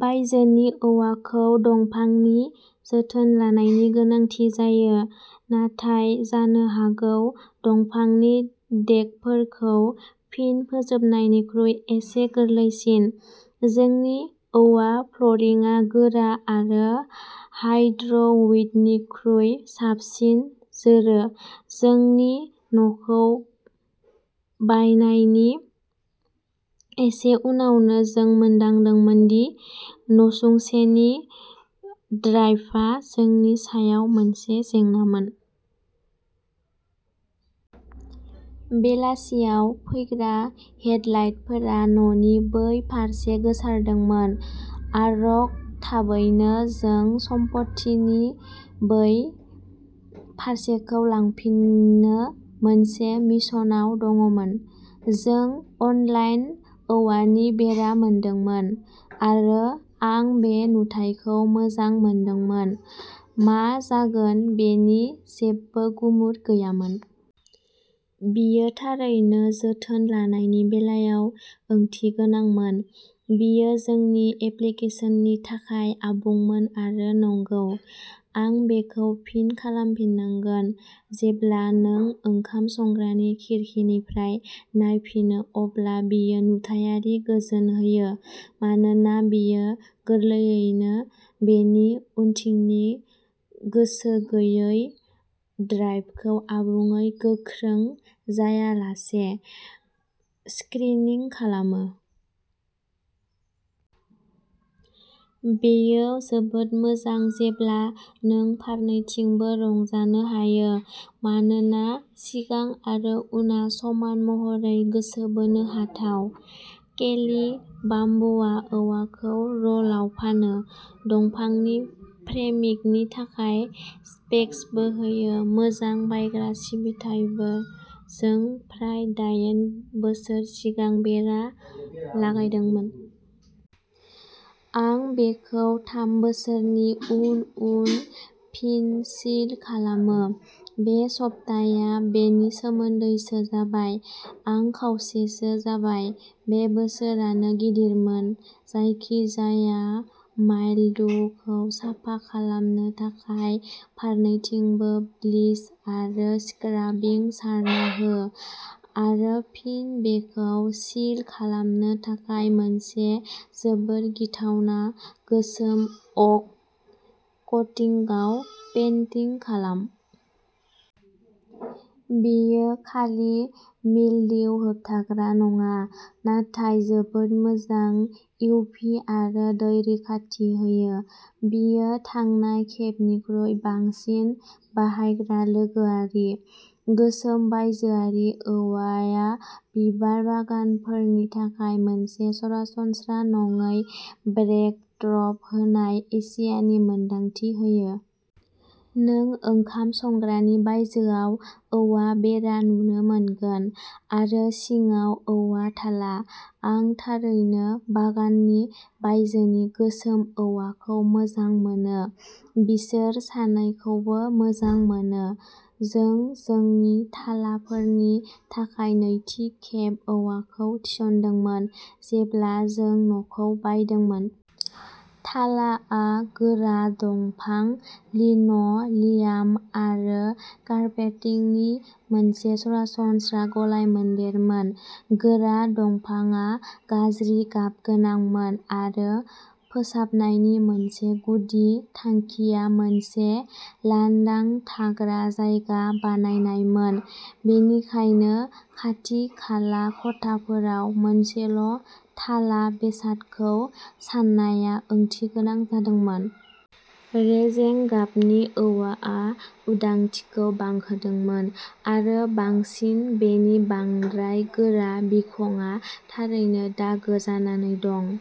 बायजोनि औवाखौ दंफांनि जोथोन लानायनि गोनांथि जायो। नाथाय जानो हागौ दंफांनि देकफोरखौ फिन फोजोबनायनिख्रुइ एसे गोरलैसिन। जोंनि औवा फ्ल'रिंआ गोरा आरो हार्डवुडनिख्रुइ साबसिन जोरो। जोंनि न'खौ बायनायनि एसे उनावनो जों मोनदांदोंमोन दि नसुंसेनि ड्राइभआ जोंनि सायाव मोनसे जेंनामोन। बेलासियाव फैग्रा हेडलाइटफोरा न'नि बै फारसे गोसारदोंमोन। आरघ थाबैनो जों सम्पथिनि बै फारसेखौ लांफिननो मोनसे मिशनआव दंमोन। जों अनलाइन औवानि बेरा मोनदोंमोन आरो आं बे नुथायखौ मोजां मोनदोंमोन। मा जागोन बेनि जेबो गुमुर गैयामोन। बेयो थारैनो जोथोन लानायनि बेलायाव ओंथिगोनांमोन। बेयो जोंनि एप्लिकेसननि थाखाय आबुंमोन आरो नंगौ। आं बेखौ फिन खालामफिनगोन। जेब्ला नों ओंखाम संग्रानि खिरखिनिफ्राय नायफिनो अब्ला बेयो नुथायारि गोजोन होयो। मानोना बेयो गोरलैयैनो बेनि उनथिंनि गोसो गैयै ड्राइभखौ आबुङै गोख्रों जायालासे स्क्रिनिं खालामो। बेयो जोबोद मोजां जेब्ला नों फारनैथिंबो रंजानो हायो। मानोना सिगां आरो उनआ समान महरै गोसो बोनो हाथाव। केलि बाम्बुआ औवाखौ र'लआव फानो। दंफांनि फ्रेमिंगनि थाखाय स्पेक्सबो होयो। मोजां बायग्रा सिबिथाइबो। जों फ्राय दाइन बोसोर सिगां बेरा लागायदोंमोन। आं बेखौ थाम बोसोरनि उन उन फिन सिल खालामो। बे सप्ताया बेनि सोमोन्दैसो जाबाय। आं खावसेसो जाबाय। बे बोसोरानो गिदिरमोन। जायखिजाया माइलडयुखौ साफा खालामनो थाखाय फारनैथिंबो ब्लिच आरो स्क्राबिं सारना हो आरो फिन बेखौ सिल खालामनो थाखाय मोनसे जोबोद गिथावना गोसोम अक कटिंगआव पेन्टिं खालाम। बेयो खालि मिलदिउ होबथाग्रा नङा। नाथाय जोबोद मोजां इउभि आरो दै रैखाथि होयो। बेयो थांनाय खेबनिख्रुइ बांसिन बाहायग्रा लोगोआरि। गोसोम बायजोआरि औवाआ बिबार बागानफोरनि थाखाय मोनसे सरासनस्रा नङै बेकड्रप होनाय एशियानि मोन्दांथि होयो। नों ओंखाम संग्रानि बायजोआव औवा बेरा नुनो मोनगोन। आरो सिङाव औवा थाला। आं थारैनो बागाननि बायजोनि गोसोम औवाखौ मोजां मोनो। बिसोर सानैखौबो मोजां मोनो। जों जोंनि थालाफोरनि थाखाय नैथि खेब औवाखौ थिसनदोंमोन। जेब्ला जों न'खौ बायदोंमोन। थालाआ गोरा दंफां लिन' लियाम आरो कारपेटिंनि मोनसे सरासनस्रा गलायमोनदेरमोन। गोरा दंफांआ गाज्रि गाबगोनांमोन आरो फोसाबनायनि मोनसे गुदि थांखिया मोनसे लांदां थाग्रा जायगा बानायनायमोन। बेनिखायनो खाथि-खाला खथाफोराव मोनसेल' थाला बेसादखौ साननाया ओंथिगोनां जादोंमोन। रेजें गाबनि औवाआ उदांथिखौ बांहोदोंमोन आरो बांसिन बेनि बांद्राय गोरा बिखंआ थारैनो दागो जानानै दं।